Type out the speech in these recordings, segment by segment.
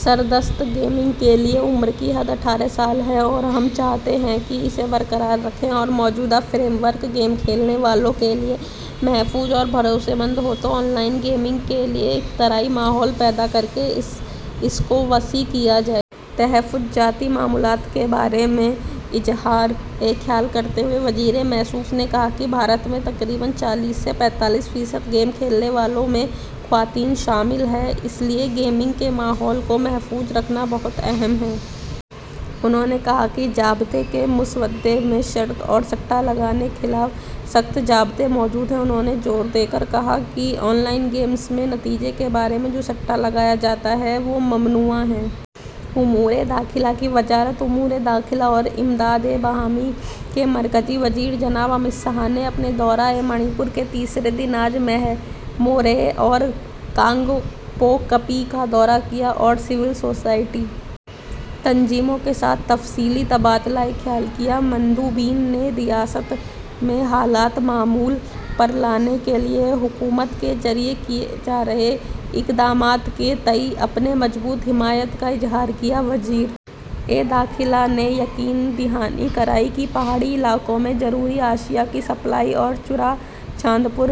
سردست gaming کے لئے عمر کی حد اٹھارہ سال ہے اور ہم چاہتے ہیں کہ اسے برقرار رکھیں اور موجودہ فریم ورک گیم کھیلنے والوں کے لئے محفوظ اور بھروسے مند ہو تو آن لائن گیمنگ کے لئے اختراعی ماحول پید ا کرکے اس کو وسیع کیا جائے۔ تحفظاتی معاملات کے بارے میں اظہار خیال کرتے ہوئے وزیر موصو ف نے کہا کہ بھارت میں تقریباََ چالیس سے پینتالیس فیصد گیم کھیلنے والو ں میں خواتین شامل ہیں اس لئے گیمنگ کے ماحول کو محفوظ رکھنا بہت اہم ہے۔ انہوں نے کہا کہ ضابطے کے مسودے میں شرط اور سٹہ لگانے کے خلاف سخت ضابطے موجود ہیں۔ انہوں نے زور دے کر کہا کہ آن لائن گیمس میں نتیجے کے بارے میں جو سٹہ لگایا جاتا ہے وہ ممنوعہ ہے۔ امور داخلہ کی وزارت امورِ داخلہ اور امدادِ باہمی کے مرکزی وزیر جناب امت شاہ نے اپنے دورۂ منی پور کے تیسرے دن آج موریھ اور کانگ پوکپی کا دورہ کیااور سول سوسائٹی تنظیموں کے ساتھ تفصیلی تبادلہ خیال کیا مندوبین نے ریاست میں حالات معمول پر لانے کے لیے حکومت کے ذریعہ کیے جا رہے اقدامات کے تئیں اپنی مضبوط حمایت کا اظہار کیا وزیر داخلہ نے یقین دہانی کرائی کہ پہاڑی علاقوں میں ضروری اشیاء کی سپلائی اور چوڑاچاندپور،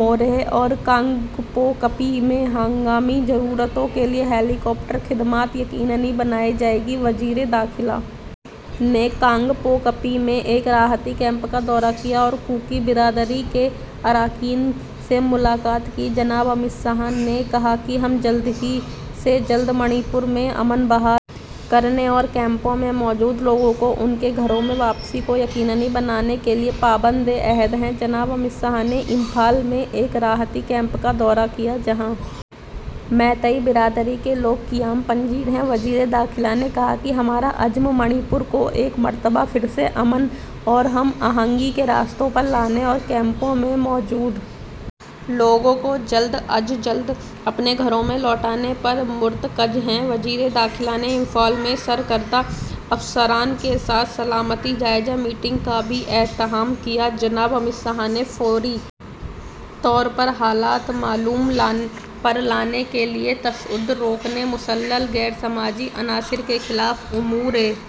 موریھ اور کانگ پوکپی میں ہنگامی ضرورتوں کے لیے ہیلی کاپٹر خدمات یقینی بنائی جائیں گی وزیر داخلہ نے کانگ پوکپی میں ایک راحتی کیمپ کا دورہ کیا اور کوکی برادری کے اراکین سے ملاقات کی، جناب امت شاہ نے کہا کہ ہم جلد سے جلد منی پور میں امن بحال کرنے اور کیمپوں میں موجود لوگوں کی ان کے گھروں میں واپسی کو یقینی بنانے کے لیے پابند عہد ہیں جناب امت شاہ نے امپھال میں ایک راحتی کیمپ کا دورہ کیا جہاں میتئی برادری کے لوگ قیام پذیر ہیں، وزیر داخلہ نے کہا کہ ہمارا عزم منی پور کو ایک مرتبہ پھر سے امن اور ہم آہنگی کے راستے پر لانے اور کیمپوں میں موجود لوگوں کے جلد از جلد اپنے گھروں کو لوٹنے پر مرتکز ہے وزیر داخلہ نے امپھال میں سرکردہ افسران کے ساتھ سلامتی جائزہ میٹنگ کا بھی اہتمام کیا، جناب امت شاہ نے فوری طور پر حالات معمول پر لانے کے لیے تشدد روکنے، مسلح غیر سماجی عناصر کے خل امورِ